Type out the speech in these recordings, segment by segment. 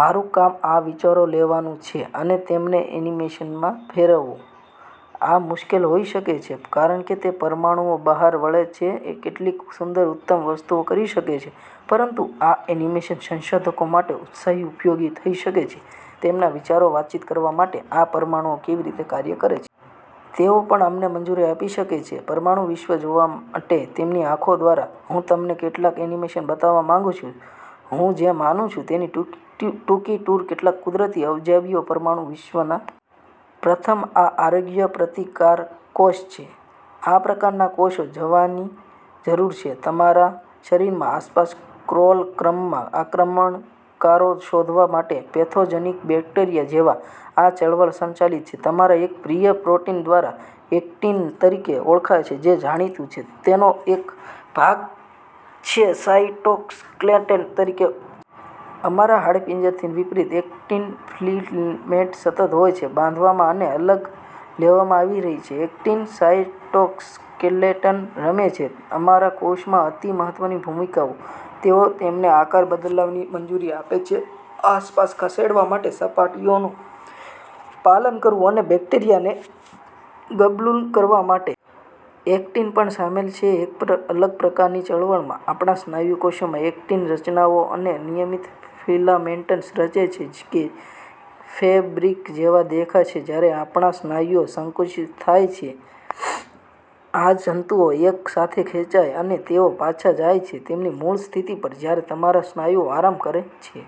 મારું કામ આ વિચારો લેવાનું છે અને તેમને એનિમેશનમાં ફેરવો. આ મુશ્કેલ હોઈ શકે છે, કારણ કે તે પરમાણુઓ બહાર વળે છે કેટલીક સુંદર ઉન્મત્ત વસ્તુઓ કરી શકે છે. પરંતુ આ એનિમેશન સંશોધકો માટે ઉત્સાહી ઉપયોગી થઈ શકે છે તેમના વિચારો વાતચીત કરવા માટે આ પરમાણુઓ કેવી રીતે કાર્ય કરે છે. તેઓ પણ અમને મંજૂરી આપી શકે છે પરમાણુ વિશ્વ જોવા માટે તેમની આંખો દ્વારા. હું તમને કેટલાક એનિમેશન બતાવવા માંગું છું, હું જે માનું છું તેની ટૂંકી ટૂર કેટલાક કુદરતી અજાયબીઓ પરમાણુ વિશ્વના. પ્રથમ, આ રોગપ્રતિકારક કોષ છે. આ પ્રકારના કોષો જવાની જરૂર છે અમારા શરીરમાં આસપાસ ક્રોલ ક્રમમાં આક્રમણકારો શોધવા માટે પેથોજેનિક બેક્ટેરિયા જેવા. આ ચળવળ સંચાલિત છે મારા એક પ્રિય પ્રોટીન દ્વારા એક્ટિન તરીકે ઓળખાય છે, જે જાણીતું છે તેનો એક ભાગ છે સાયટોસ્કેલેટન તરીકે. અમારા હાડપિંજરથી વિપરીત, એક્ટિન ફિલેમેન્ટ્સ સતત હોય છે બાંધવામાં અને અલગ લેવામાં આવી રહી છે. એક્ટિન સાયટોસ્કેલેટન રમે છે અમારા કોષોમાં અતિ મહત્વની ભૂમિકાઓ. તેઓ તેમને આકાર બદલવાની મંજૂરી આપે છે, આસપાસ ખસેડવા માટે, સપાટીઓનું પાલન કરવું અને બેક્ટેરિયાને ગબ્લૂબ કરવા માટે. એક્ટિન પણ સામેલ છે એક અલગ પ્રકારની ચળવળમાં. આપણા સ્નાયુ કોષોમાં, એક્ટિન રચનાઓ આ નિયમિત ફિલામેન્ટ્સ રચે છે કે ફેબ્રિક જેવા દેખાય છે. જ્યારે આપણા સ્નાયુઓ સંકુચિત થાય છે, આ જંતુઓ એક સાથે ખેંચાય છે અને તેઓ પાછા જાય છે તેમની મૂળ સ્થિતિ પર જ્યારે તમારા સ્નાયુઓ આરામ કરે છે.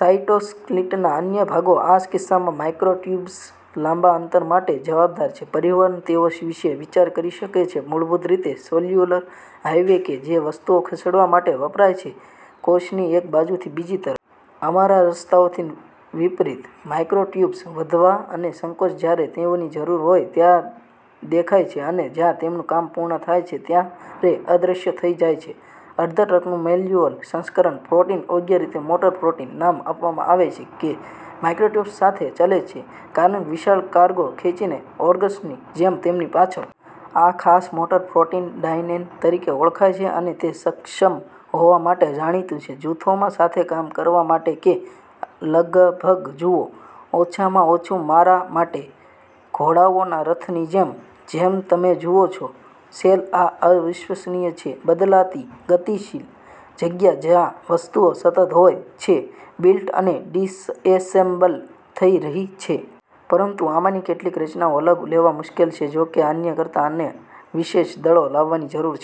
સાયટોસ્કેલિટલના અન્ય ભાગો, આ કિસ્સામાં માઇક્રોટ્યુબ્યુલ્સ, લાંબા અંતર માટે જવાબદાર છે પરિવહન તેઓ વિશે વિચાર કરી શકાય છે મૂળભૂત રીતે સેલ્યુલર હાઇવે કે જે વસ્તુઓ ખસેડવા માટે વપરાય છે કોષની એક બાજુથી બીજી તરફ. અમારા રસ્તાઓથી વિપરીત, માઇક્રોટ્યુબ્યુલ્સ વધવા અને સંકોચો, જ્યારે તેઓની જરૂર હોય ત્યારે દેખાય છે અને જ્યારે તેમનું કામ પૂર્ણ થાય છે ત્યારે અદૃશ્ય થઈ જાય છે. અર્ધ ટ્રકનું મોલેક્યુલર સંસ્કરણ પ્રોટીન યોગ્ય રીતે મોટર પ્રોટીન નામ આપવામાં આવે છે, જે માઇક્રોટ્યુબ્યુલ્સ સાથે ચાલે છે, ક્યારેક વિશાળ કાર્ગો ખેંચીને, ઓર્ગેનેલ્સની જેમ, તેમની પાછળ. આ ખાસ મોટર પ્રોટીન ડાયનેન તરીકે ઓળખાય છે, અને તે સક્ષમ હોવા માટે જાણીતું છે જૂથોમાં સાથે કામ કરવા માટે કે લગભગ જુઓ, ઓછામાં ઓછું મારા માટે, ઘોડાઓના રથની જેમ. જેમ તમે જુઓ છો, સેલ આ અવિશ્વસનીય છે બદલાતી, ગતિશીલ જગ્યા, જ્યાં વસ્તુઓ સતત હોય છે બિલ્ટ અને ડિસએસેમ્બલ થઈ રહી છે. પરંતુ આમાંની કેટલીક રચનાઓ અલગ લેવા મુશ્કેલ છે જોકે, અન્ય કરતા. અને વિશેષ દળો લાવવાની જરૂર છે